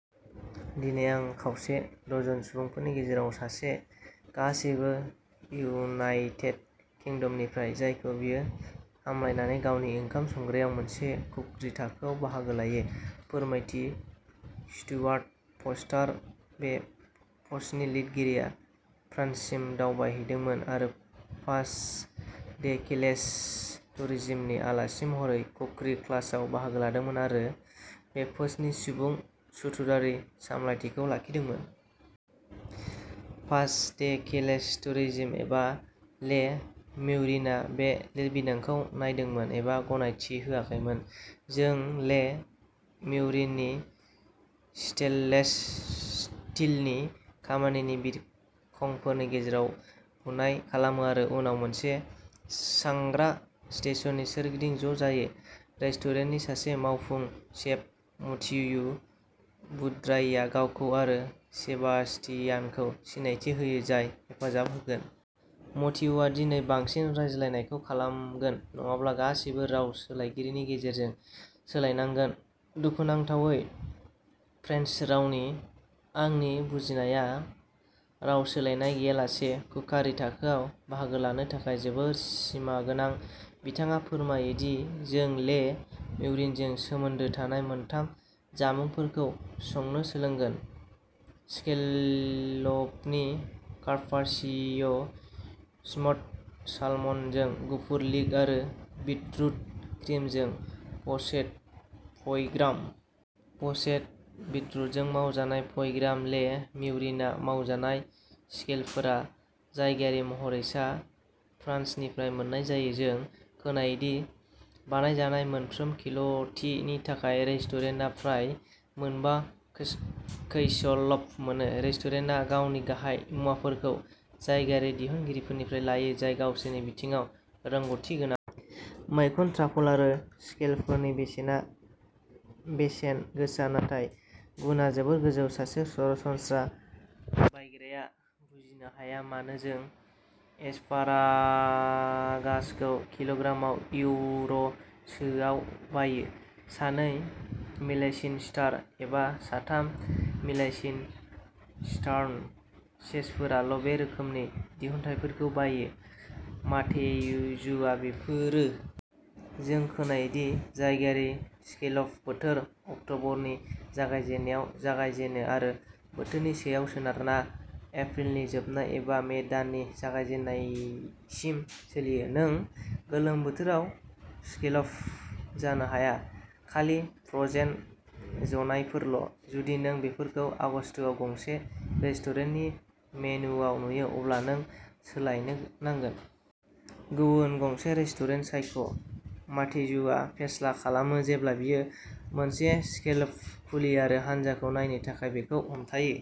दिनै आं खावसे डजन सुबुंफोरनि गेजेराव सासे, गासैबो इउनाइटेड किंडमनिफ्राय, जायखौ बियो हामलायनानै गावनि ओंखाम संग्रायाव मोनसे कुकरी थाखोआव बाहागो लायो। फोरमायथिः स्टुआर्ट फ'र्स्टार, बे पस्टनि लिरगिरिया, फ्रान्ससिम दावबायदोंमोन आरो पास डे केलेस टुरिजिमनि आलासि महरै कुकरी क्लासआव बाहागो लादोंमोन आरो बे पोस्टनि आबुं सुजुथायारि सामलायथिखौ लाखिदोंमोन। पास डे केलेस टुरिजिम एबा ले म्युरिनआ बे लिरबिदांखौ नायसंदोंमोन एबा गनायथि होआखैमोन। जों ले म्युरिननि स्टेइनलेस स्टीलनि खामानिनि बिखंफोरनि गेजेराव बुनाय खालामो आरो उनाव मोनसे संग्रा स्टेशननि सोरगिदिं ज'जायो। रेस्टुरेन्टनि सासे मावफुं सेफ मथियु बुट्रायआ गावखौ आरो सेबास्तियानखौ सिनायथि होयो, जाय हेफाजाब होगोन। मथियुआ दिनै बांसिन रायज्लायनायखौ खालामगोन, नङाब्ला गासैबो राव सोलायगिरिनि गेजेरजों सोलायनांगोन। दुखुनांथावै, फ्रेन्स रावनि आंनि बुजिनायआ राव सोलायनाय गैयालासे कुकारि थाखोआव बाहागो लानो थाखाय जोबोद सिमागोनां। बिथाङा फोरमायो दि जों ले म्युरिनजों सोमोन्दो थानाय मोनथाम जामुंफोरखौ संनो सोलोंगोनः स्कैलपनि कार्पाचियो, स्मोक्ड सालमनजों गुफुर लिक आरो बिटरुट क्रिमजों प'चेद फ'ई ग्रास। प'चेद बिटरुटजों मावजानाय फ'ई ग्रास। ले म्युरिनआव मावजानाय स्कैलपफोरा जायगायारि महरै, सा फ्रान्सनिफ्राय मोन्नाय जायो। जों खोनायो दि बायजानाय मोनफ्रोम किल'नि थाखाय रेस्टुरेन्टआ फ्राय मोनबा स्कैलप मोनो। रेस्टुरेन्टआ गावनि गाहाय मुवाफोरखौ जायगायारि दिहुनगिरिफोरनिफ्राय लायो, जाय गावसोरनि बिथिङाव रोंग'थि गोनां। "मैखुन, ट्राफल आरो स्कैलपफोरनि बेसेना बेसेन गोसा नाथाय गुनआ जोबोद गोजौ। सासे सरासनस्रा बायग्राया बुजिनो हाया मानो जों एसपारागासखौ किल'ग्रामाव इउर'सोआव बायो। सानै मिशेलिन-स्टार एबा साथाम मिशेलिन-स्टारड सेफफोराल'बे रोखोमनि दिहुनथायफोरखौ बायो", माथेयुआ बुंफोरो। जों खोनायो दि जायगायारि स्कैलप बोथोरा। अक्ट'बरनि जागायजेन्नायाव जागायजेनो आरो बोथोरनि सायाव सोनारना एप्रिलनि जोबनाय एबा मे दाननि जागायजेन्नायसिम सोलियो। "नों गोलोम बोथोराव स्कैलप जानो हाया-खालि फ्र'जेन जानायफोरल'। जुदि नों बेफोरखौ आगस्तआव गंसे रेस्टुरेन्टनि मेनुवाव नुयो, अब्ला नों सोलायनो नांगोन! गुबुन गंसे रेस्टुरेन्ट सायख'", माथेयुआ फेस्ला खालामो जेब्ला बियो मोनसे स्कैलप खुलि आरो हानजाखौ नायनो थाखाय बेखौ हमथायो।